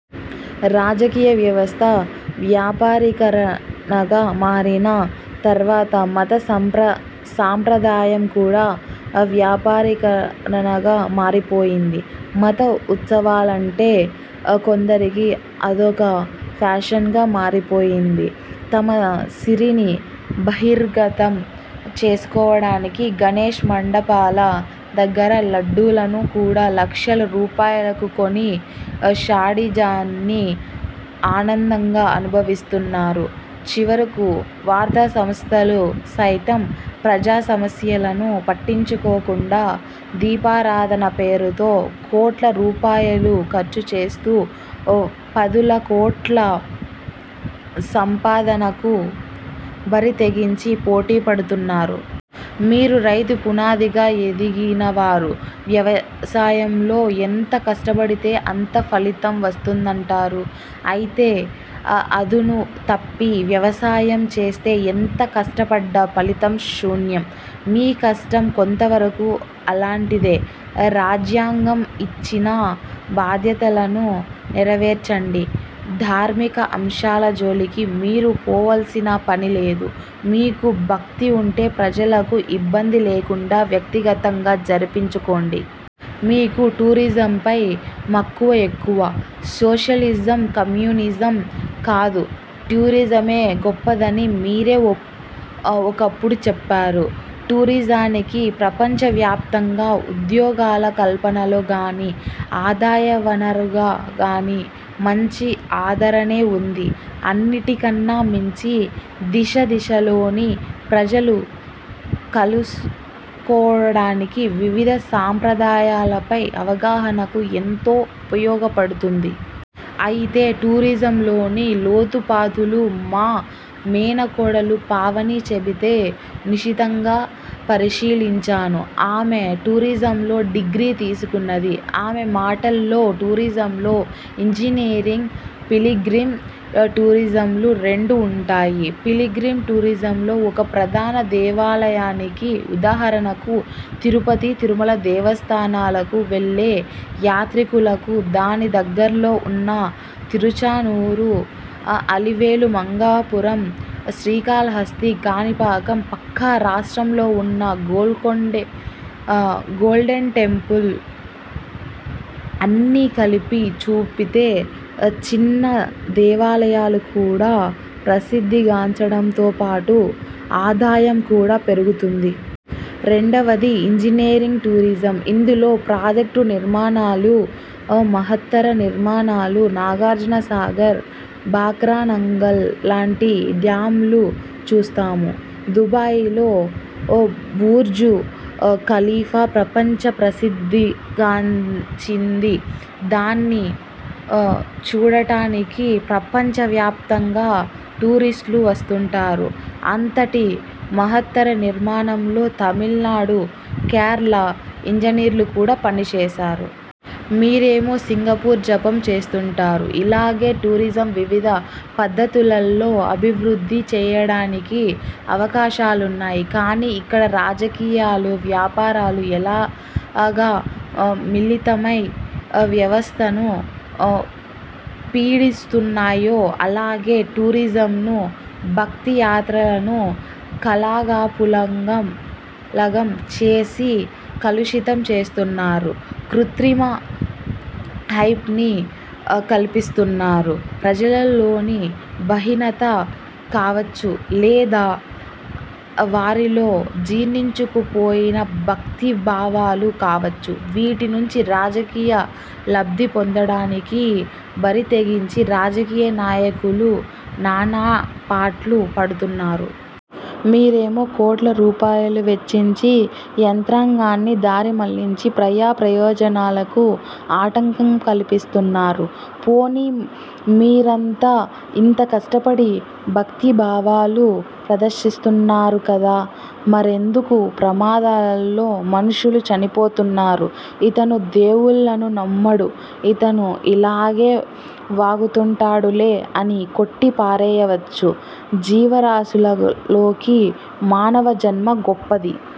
రాజకీయ వ్యవస్థ వ్యాపారీకరణగా మారిన తర్వాత మత సాంప్రదాయం కూడా వ్యాపారీకరణగా మారిపోయింది. మత ఉత్సవాలంటే కొందరికి అదొక ప్యాషన్గా మారిపోయింది. తమ సిరిని బహిర్గతం చేసుకోవడానికి గణేష్ మండపాల దగ్గర లడ్డూలను కూడా లక్షల రూపాయలకు కొని శాడిజాన్ని ఆనందంగా అనుభవిస్తున్నారు. చివరకు వార్తా సంస్థలు సైతం ప్రజాసమస్యలను పట్టించుకోకుండా దీపారాధాన పేరుతో కోట్ల రూపాయలు ఖర్చుచేస్తూ పదుల కోట్ల సంపాదనకు బరితెగించి పోటీపడుతున్నారు. మీరు రైతు పునాదిగా ఎదిగినవారు. వ్యవసాయంలో ఎంత కష్టపడితే అంత ఫలితం వస్తుందంటారు. అయితే అదునుతప్పి వ్యవసాయం చేస్తే ఎంత కష్టపడ్డా ఫలితం శూన్యం. మీ కష్టం కొంతవరకు అలాంటిదే. రాజ్యాంగం ఇచ్చిన బాధ్యతలను నెరవేర్చండి. ధార్మిక అంశాల జోలికి మీరు పోవలసిన పనిలేదు. మీకు భక్తి ఉంటే ప్రజలకు ఇబ్బంది లేకుండా వ్యక్తిగతంగా జరిపించుకోండి. మీకు టూరిజంపై మక్కువ ఎక్కువ. సోషలిజం కమ్యూనిజం కాదు టూరిజమే గొప్పదని మీరే ఒకప్పుడు చెప్పారు. టూరిజానికి ప్రపంచవ్యాప్తంగా ఉద్యోగాల కల్పనలో గానీ, ఆదాయవనరుగా గానీ మంచి ఆదరణే ఉంది. అన్నింటికన్నా మించి దిశ దిశలోని ప్రజలు కలుసుకోవడానికి వివిధ సాంప్రదాయాలపై అవగాహనకు ఎంతో ఉపయోగపడుతుంది. అయితే టూరిజంలోని లోతుపాతులు మా మేనకోడలు పావని చెబితే నిశితంగా పరిశీలించాను. ఆమె టూరిజంలో డిగ్రీ తీసుకున్నది. ఆమె మాటల్లో ''టూరిజంలో ఇంజనీరింగ్, పిలిగ్రిమ్ టూరిజమ్లు రెండు ఉంటాయి. పిలిగ్రిమ్ టూరిజంలో ఒక ప్రధాన దేవాలయానికి–ఉదాహరణకు తిరుపతి- తిరుమల దేవస్థానాలకు–వెళ్ళే యాత్రికులకు దాని దగ్గర్లో ఉన్న తిరుచానూరు, అలివేలుమంగాపురం, శ్రీకాళహస్తి, కాణిపాకం, ప్రక్క రాష్ట్రంలో ఉన్న గోల్డెన్టెంపుల్ అన్ని కలిపి చూపితే చిన్న దేవాలయాలు కూడా ప్రసిద్ధిగాంచడంతోపాటు ఆదాయం కూడా పెరుగుతుంది. రెండవది ఇంజనీరింగ్ టూరిజం. ఇందులో ప్రాజెక్టు నిర్మాణాలు, మహత్తర నిర్మాణాలు, నాగార్జున సాగర్, బాక్రానంగల్ లాంటి డ్యామ్లు చూస్తాము. దుబాయిలో 'బుర్జు ఖలీఫా' ప్రపంచ ప్రసిద్ధిగాంచింది. దాన్ని చూడటానికి ప్రపంచ వ్యాపితంగా టూరిస్టులు వస్తుంటారు. అంతటి మహత్తర నిర్మాణంలో తమిళనాడు, కేరళ ఇంజనీర్లు కూడా పనిచేశారు. మీరేమో సింగపూర్ జపం చేస్తుంటారు. ఇలాగా టూరిజం వివిధ పద్ధతులలో అభివృద్ధి చేయడానికి అవకాశాలున్నాయి. కానీ ఇక్కడ రాజకీయాలు- వ్యాపారాలు ఎలాగా మిళితమై వ్యవస్థను పీడిస్తున్నాయో, అలాగే టూరిజంను, భక్తి యాత్రలను కలాగాపులగం చేసి కలుషితం చేస్తున్నారు. కృత్రిమ హైప్ని కల్పిస్తున్నారు. ప్రజలలోని బహీనత కావచ్చు లేదా వారిలో జీర్ణించుకుపోయిన భక్తి భావాలు కావచ్చు, వీటి నుంచి రాజకీయ లబ్ధిపొందడానికి బరితెగించి రాజకీయ నాయకులు నానాపాట్లు పడుతున్నారు. మీరేమో కోట్ల రూపాయలు వెచ్చించి, యంత్రాంగాన్ని దారి మళ్ళించి ప్రజా ప్రయోజనాలకు ఆటంకం కల్పిస్తున్నారు. పోనీ మీరంతా ఇంత కష్టపడి భక్తి భావాలు ప్రదర్శిస్తున్నారు కదా! మరెందుకు ప్రమాదాలలో మనుషులు చనిపోతున్నారు. ''ఇతను దేవుళ్ళను నమ్మడు ఇతను ఇలాగే వాగుతుంటాడులే'' అని కొట్టి పారేయవచ్చు. జీవరాశులలోకి మానవ జన్మ గొప్పది.